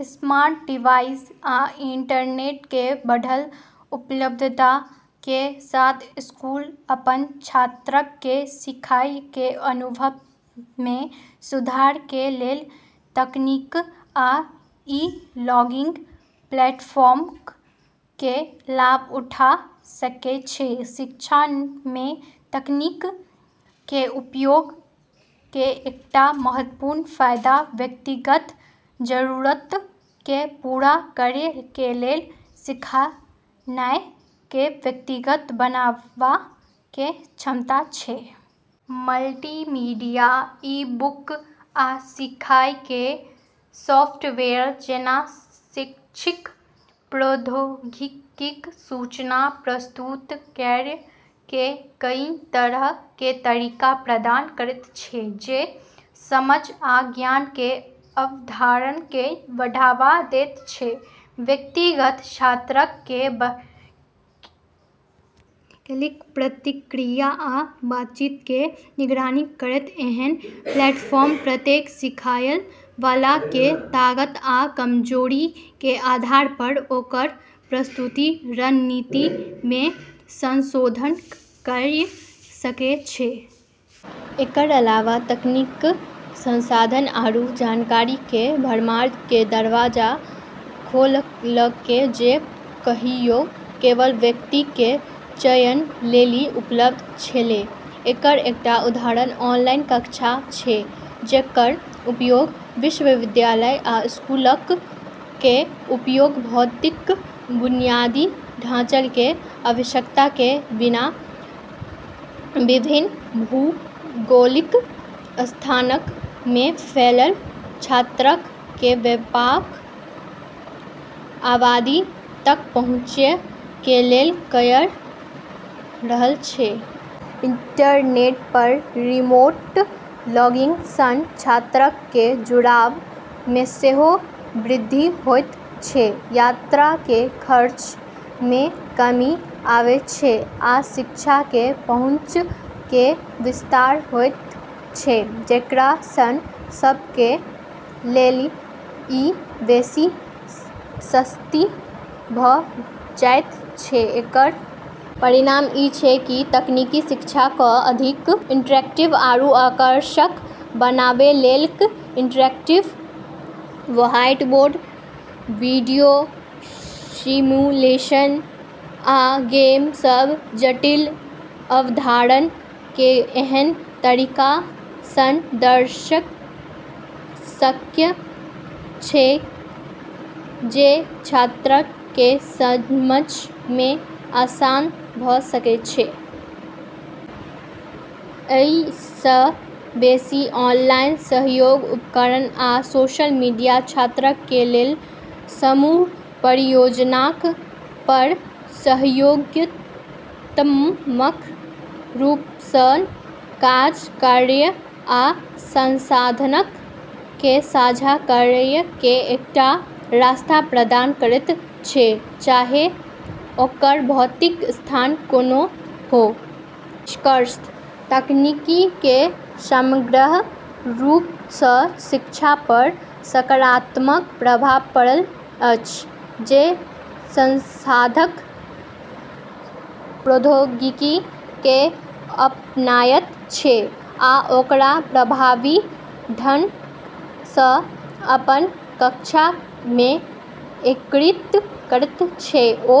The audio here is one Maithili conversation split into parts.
स्मार्ट डिवाइस आ इंटरनेट कें बढ़ल उपलब्धता कें साथ स्कूल अपन छात्रक कें सीखय कें अनुभव मे सुधार कें लेल तकनीक आ ई-लर्निंग प्लेटफॉर्मक कें लाभ उठा सकय छै। शिक्षा मे तकनीक कें उपयोग कें एकटा महत्वपूर्ण फायदा व्यक्तिगत जरूरतक कें पूरा करय कें लेल सीखनाय कें व्यक्तिगत बनावा कें क्षमता छै। मल्टीमीडिया, ई-बुक, आ सीखय कें सॉफ्टवेयर जैना शैक्षिक प्रौद्योगिकी सूचना प्रस्तुत करय कें कई तरह कें तरीका प्रदान करैत छै, जे समझ आ ज्ञान कें अवधारण कें बढ़ावा दैत छै। व्यक्तिगत छात्रक कें क्लिक, प्रतिक्रिया आ बातचीत कें निगरानी करैत, एहन प्लेटफार्म प्रत्येक सीखएय वाला कें ताकत आ कमजोरी कें आधार पर ओकर प्रस्तुति रणनीति मे संशोधन कयर सकय छै। एकर अलावा तकनीक संसाधन आरू जानकारी के भरमार के दरवाजा खोललकै जे कहियो केवल व्यक्ति के चयन लेली उपलब्ध छेलै। एकर एकटा उदाहरण ऑनलाइन कक्षाक छै, जेकर उपयोग विश्वविद्यालय आ स्कूलक कें उपयोग भौतिक बुनियादी ढाँचा कें आवश्यकता कें बिना विभिन्न भौगोलिक स्थानक मे फैलल छात्रक कें व्यापक आबादी तक पहुंचय कें लेल कयर रहल छै। इंटरनेट पर रिमोट लर्निंग सं छात्रक कें जुड़ाव मे सेहो वृद्धि होयत छै, यात्रा कें खर्च मे कमी आबै छै, आ शिक्षा कें पहुंच कें विस्तार होयत छै, जेकरा सं सब कें लेल इ बेसि सस्ती भ जायत छै। एकर परिणाम ई छै कि तकनीक शिक्षा क अधिक इंटरैक्टिव आरू आकर्षक बनैलकै। इंटरएक्टिव व्हाइटबोर्ड, वीडियो, सिमुलेशन, आ गेम, सब जटिल अवधारणा कें एहन तरीका सं दर्शा सकय छै जे छात्रक कें समझ मे आसान भ सकय छै। अइ सं बेसि, ऑनलाइन सहयोग उपकरण आ सोशल मीडिया छात्रक कें लेल समूह परियोजनाक पर सहयोगात्मक रूप सं काज करय आ संसाधनक कें साझा करय कें एकटा रास्ता प्रदान करैत छै, चाहे ओकर भौतिक स्थान कोनों हो। निष्कर्षतः तकनीक के समग्र रूप स शिक्षा पर सकारात्मक प्रभाव पड़ल अछि। जे संस्थाक प्रौद्योगिकी कें अपनायत छै आ ओकरा प्रभावी ढंग सं अपन कक्षाक मे एकीकृत करैत छै, ओ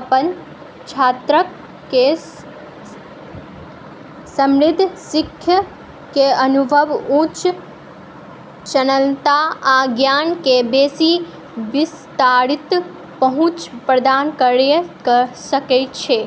अपन छात्रक कें समृद्ध सीखय कें अनुभव, उच्च संलग्नता, आ ज्ञान कें बेसि विस्तारित पहुंच प्रदान कयर सकय छै।